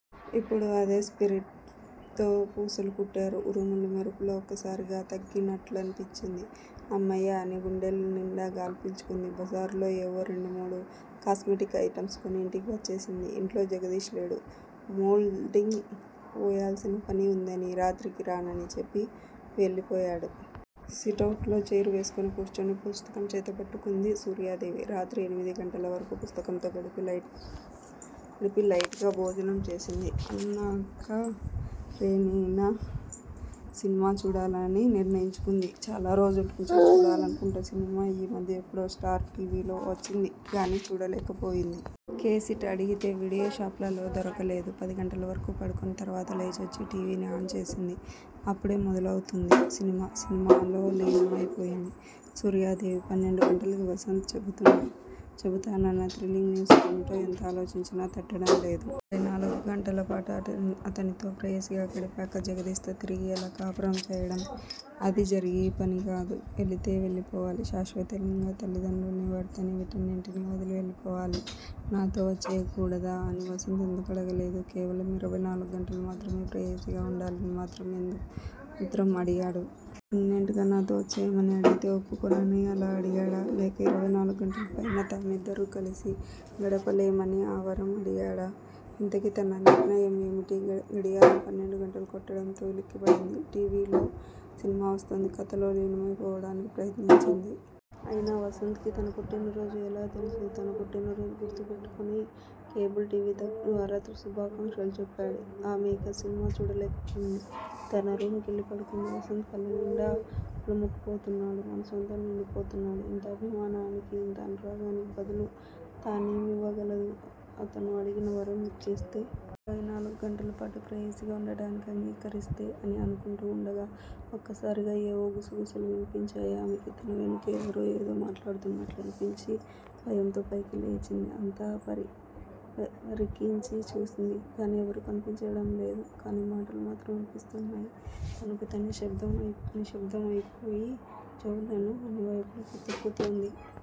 ఇప్పుడూ అదే స్పిరిట్ లో పూసలు కుట్టారు. ఉరుములు, మెరుపులు ఒక్కసారిగా తగ్గినట్లనిపించింది. హమ్మయ్య అని గుండెల్నిండా గాలి పీల్చుకుంది. బజారులో ఏవో రెండు మూడు కాస్మటిక్ ఐటమ్స్ కొని ఇంటికి వచ్చేసింది. ఇంట్లో జగదీష్ లేడు. మోల్దింగ్ పోయాల్సిన పని వుందని రాత్రికి రానని చెప్పి వెళ్ళిపోయాడు. సిటవుట్ లో చైర్ వేసుకుని కూర్చుని, పుస్తకం చేతబట్టుకుంది సూర్యాదేవి. రాత్రి ఎనిమిది గంటల వరకు పుస్తకంతో గడిపి లైట్ గా భోజనం చేసింది. అన్నాకరేనినా సినిమా చూడాలని నిర్ణయించుకుంది. చాలా రోజుల్నుంచి చూడాలనుకుంటున్న సినిమా ఈ మధ్య ఎప్పుడో స్టార్ టీ. వీ. లో వచ్చిందిగానీ చూడలేకపోయింది. కేసెట్ అడిగితే వీడియో షాప్ లలో దొరకలేదు. పదిగంటల వరకు పడుకుని, తర్వాత లేచొచ్చి టీ. వీ. ని ఆన్ చేసింది అప్పుడే మొదలౌతుంది సినిమా. సినిమాలో లీనమైపోయింది సూర్యాదేవి. పన్నెండు గంటలకి వసంత్ చెబుతానన్న థ్రిల్లింగ్ న్యూస్ ఏమిటో ఎంత ఆలోచించినా తట్టడం లేదు. ఇరవై నాలుగు గంటలపాటు అతనితో ప్రేయసిగా గడిపాక జగదీష్ తో తిరిగి ఎలా కాపురం చేయడం? అది జరిగే పనికాదు. వెళితే వెళ్ళిపోవాలి- శాశ్వతంగా తల్లిదండ్రుల్ని, భర్తనీ, వీటినన్నిటినీ వదిలి వెళ్ళిపోవాలి. నాతో వచ్చేయకూడదా అని వసంత్ ఎందుకడగలేదు. కేవలం ఇరవై నాలుగు గంటలు మాత్రం ప్రేయసిగా వుండాలని మాత్రం అడిగాడు. పర్మినెంట్ గా నాతో వచ్చేయమని అడిగితే- ఒప్పుకోనని అలా అడిగాడా? లేక ఇరవై నాలుగు గంటలు పైన తామిద్దరూ కలిసి గడపలేమని ఆ వరం అడిగాడా? ఇంతకీ తన నిర్ణయం ఏమిటి? గడియారం పన్నెండు గంటలు కొట్టడంతో ఉలిక్కిపడింది. టీవీలో సినిమా వస్తోంది. కథలో లీనమై పోవడానికి ప్రయత్నించింది. అయినా వసంత్ కి తన పుట్టినరోజు ఎలా తెలుసు? తన పుట్టినరోజు గుర్తు పెట్టుకుని, కేబుల్ టీ. వీ ద్వారా శుభాకాంక్షాలు చెప్పాడు. ఆమె ఇక సినిమా చూడలేకపోయింది. తన రూమ్ కెళ్ళి పడుకుంది. వసంత్ కళ్ళనిండా అలుముకుపోతున్నాడు. మనసంతా నిండిపోతున్నాడు. ఇంత అభిమానానికి, ఇంత అనురాగానికి బదులు తానేమివ్వగలదు అతను అడిగిన వరం ఇచ్చేస్తే? ఇరవై నాలుగు గంటలపాటు ప్రేయసిగా వుండడానికి అంగీకరిస్తే అని అనుకుంటూ వుండగా ఒక్కసారిగా ఏవో గుసగుసలు విన్పించాయి ఆమెకి. తన వెనకే ఎవరో ఏదో మాట్లాడుకుంటున్నట్లనిపించి, భయంతో పైకి లేచింది. అంతా పరికించి చూసింది గానీ ఎవరూ కనిపించడంలేదు. కానీ మాటలు మాత్రం వినిపిస్తున్నాయి. తనకు తనే నిశ్శబ్దం అయిపోయి చెవులను అన్నివైపులకి తిప్పుతోంది.